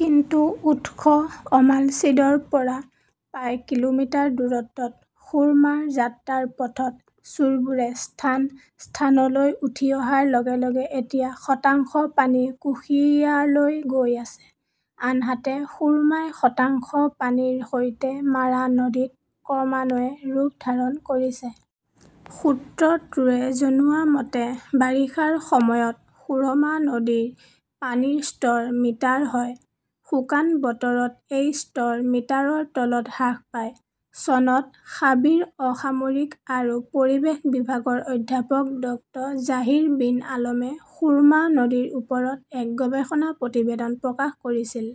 কিন্তু উৎস অমালছিদৰ পৰা প্ৰায় কিলোমিটাৰ দূৰত্বত সুৰমাৰ যাত্ৰাৰ পথত চোৰবোৰে স্থান-স্থানলৈ উঠি অহাৰ লগে লগে এতিয়া শতাংশ পানী কুশিয়াৰালৈ গৈ আছে। আনহাতে সুৰ্মাই শতাংশ পানীৰ সৈতে মাৰা নদীত ক্ৰমান্বয়ে ৰূপ ধাৰণ কৰিছে। সূত্ৰটোৱে জনোৱা মতে, বাৰিষাৰ সময়ত সুৰমা নদীৰ পানীৰ স্তৰ মিটাৰ হয়। শুকান বতৰত এই স্তৰ মিটাৰৰ তলত হ্ৰাস পায়। চনত শাবিৰ অসামৰিক আৰু পৰিৱেশ বিভাগৰ অধ্যাপক ড জাহিৰ বিন আলমে সুৰমা নদীৰ ওপৰত এক গৱেষণা প্ৰতিবেদন প্ৰকাশ কৰিছিল।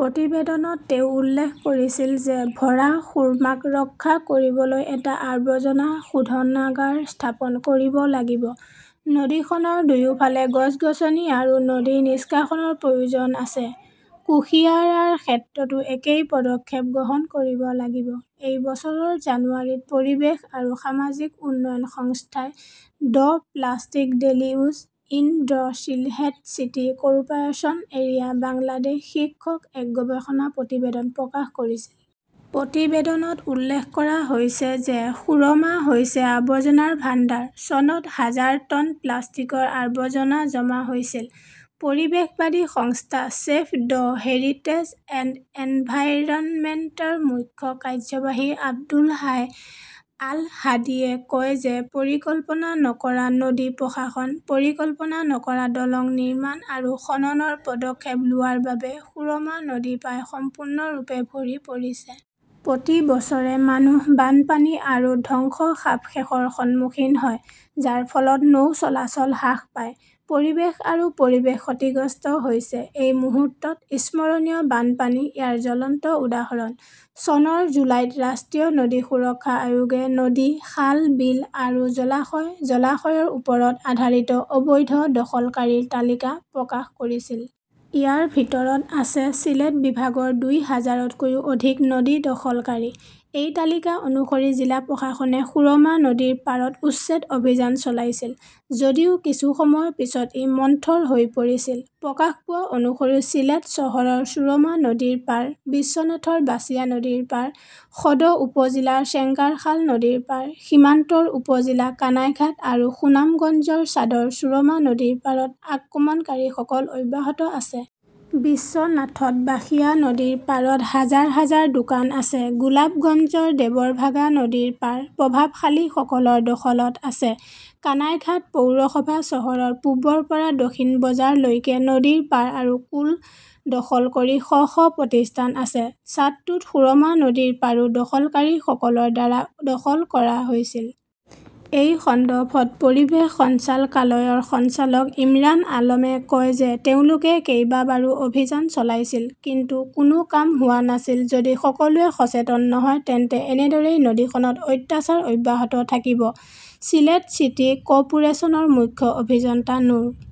প্ৰতিবেদনত তেওঁ উল্লেখ কৰিছিল যে ভৰা সুৰ্মাক ৰক্ষা কৰিবলৈ এটা আৱৰ্জনা শোধনাগাৰ স্থাপন কৰিব লাগিব। নদীখনৰ দুয়োফালে গছ-গছনি আৰু নদী নিষ্কাশনৰ প্ৰয়োজন আছে। কুশিয়াৰাৰ ক্ষেত্ৰতো একেই পদক্ষেপ গ্ৰহণ কৰিব লাগিব। এই বছৰৰ জানুৱাৰীত পৰিৱেশ আৰু সামাজিক উন্নয়ন সংস্থাই "the plastic deluge in the Sylhet city corporation area, Bangladesh" শীৰ্ষক এক গৱেষণা প্ৰতিবেদন প্ৰকাশ কৰিছিল। প্ৰতিবেদনত উল্লেখ কৰা হৈছে যে সুৰ্মা হৈছে আৱৰ্জনাৰ ভাণ্ডাৰ। চনত হাজাৰ টন প্লাষ্টিকৰ আৱৰ্জনা জমা হৈছিল। পৰিৱেশবাদী সংস্থা ছেভ দ্য হেৰিটেজ এণ্ড এনভাইৰনমেণ্টৰ মুখ্য কাৰ্যবাহী আব্দুল হাই আল হাদীয়ে কয় যে পৰিকল্পনা নকৰা নদী প্ৰশাসন, পৰিকল্পনা নকৰা দলং নিৰ্মাণ আৰু খননৰ পদক্ষেপ লোৱাৰ বাবে সুৰমা নদী প্ৰায় সম্পূৰ্ণৰূপে ভৰি পৰিছে। প্ৰতি বছৰে মানুহ বানপানী আৰু ধ্বংসাৱশেষৰ সন্মুখীন হয়, যাৰ ফলত নৌ-চলাচল হ্ৰাস পায়। পৰিৱেশ আৰু পৰিৱেশ ক্ষতিগ্ৰস্ত হৈছে। এই মুহূৰ্তত স্মৰণীয় বানপানী ইয়াৰ জ্বলন্ত উদাহৰণ। চনৰ জুলাইত ৰাষ্ট্ৰীয় নদী সুৰক্ষা আয়োগে নদী, খাল-বিল আৰু জলাশয়-জলাশয়ৰ ওপৰত আধাৰিত অবৈধ দখলকাৰীৰ তালিকা প্ৰকাশ কৰিছিল। ইয়াৰ ভিতৰত আছে চিলেট বিভাগৰ দুই হাজাৰতকৈও অধিক নদী দখলকাৰী। এই তালিকা অনুসৰি জিলা প্ৰশাসনে সুৰমা নদীৰ পাৰত উচ্ছেদ অভিযান চলাইছিল যদিও কিছু সময়ৰ পিছত ই মন্থৰ হৈ পৰিছিল। প্ৰকাশ পোৱা অনুসৰি শ্বিলেট চহৰৰ ছুৰমা নদীৰ পাৰ, বিশ্বনাথৰ বাচিয়া নদীৰ পাৰ, সদৰ উপ-জিলাৰ চেঙ্গাৰখাল নদীৰ পাৰ, সীমান্তৰ উপ-জিলা কানাইঘাট আৰু সুনামগঞ্জৰ ছাদৰ চুৰমা নদীৰ পাৰত আক্ৰমণকাৰীসকল অব্যাহত আছে। বিশ্বনাথত বাসিয়া নদীৰ পাৰত হাজাৰ হাজাৰ দোকান আছে। গুলাবগঞ্জৰ দেৱৰভাগা নদীৰ পাৰ প্ৰভাৱশালীসকলৰ দখলত আছে। কানাইঘাট পৌৰসভা চহৰৰ পূবৰ পৰা দক্ষিণ বজাৰলৈকে নদীৰ পাৰ আৰু কুল দখল কৰি শ শ প্ৰতিষ্ঠান আছে। ছাদটোত সুৰমা নদীৰ পাৰো দখলকাৰীসকলৰ দ্বাৰা দখল কৰা হৈছিল। এই সন্দৰ্ভত পৰিৱেশ সঞ্চালকালয়ৰ সঞ্চালক ইমৰান আলমে কয় যে তেওঁলোকে কেইবাবাৰো অভিযান চলাইছিল। কিন্তু কোনো কাম হোৱা নাছিল। যদি সকলোৱে সচেতন নহয় তেন্তে এনেদৰেই নদীখনত অত্যাচাৰ অব্যাহত থাকিব। শ্বিলেট চিটি কৰ্পোৰেচনৰ মুখ্য অভিযন্তা নুৰ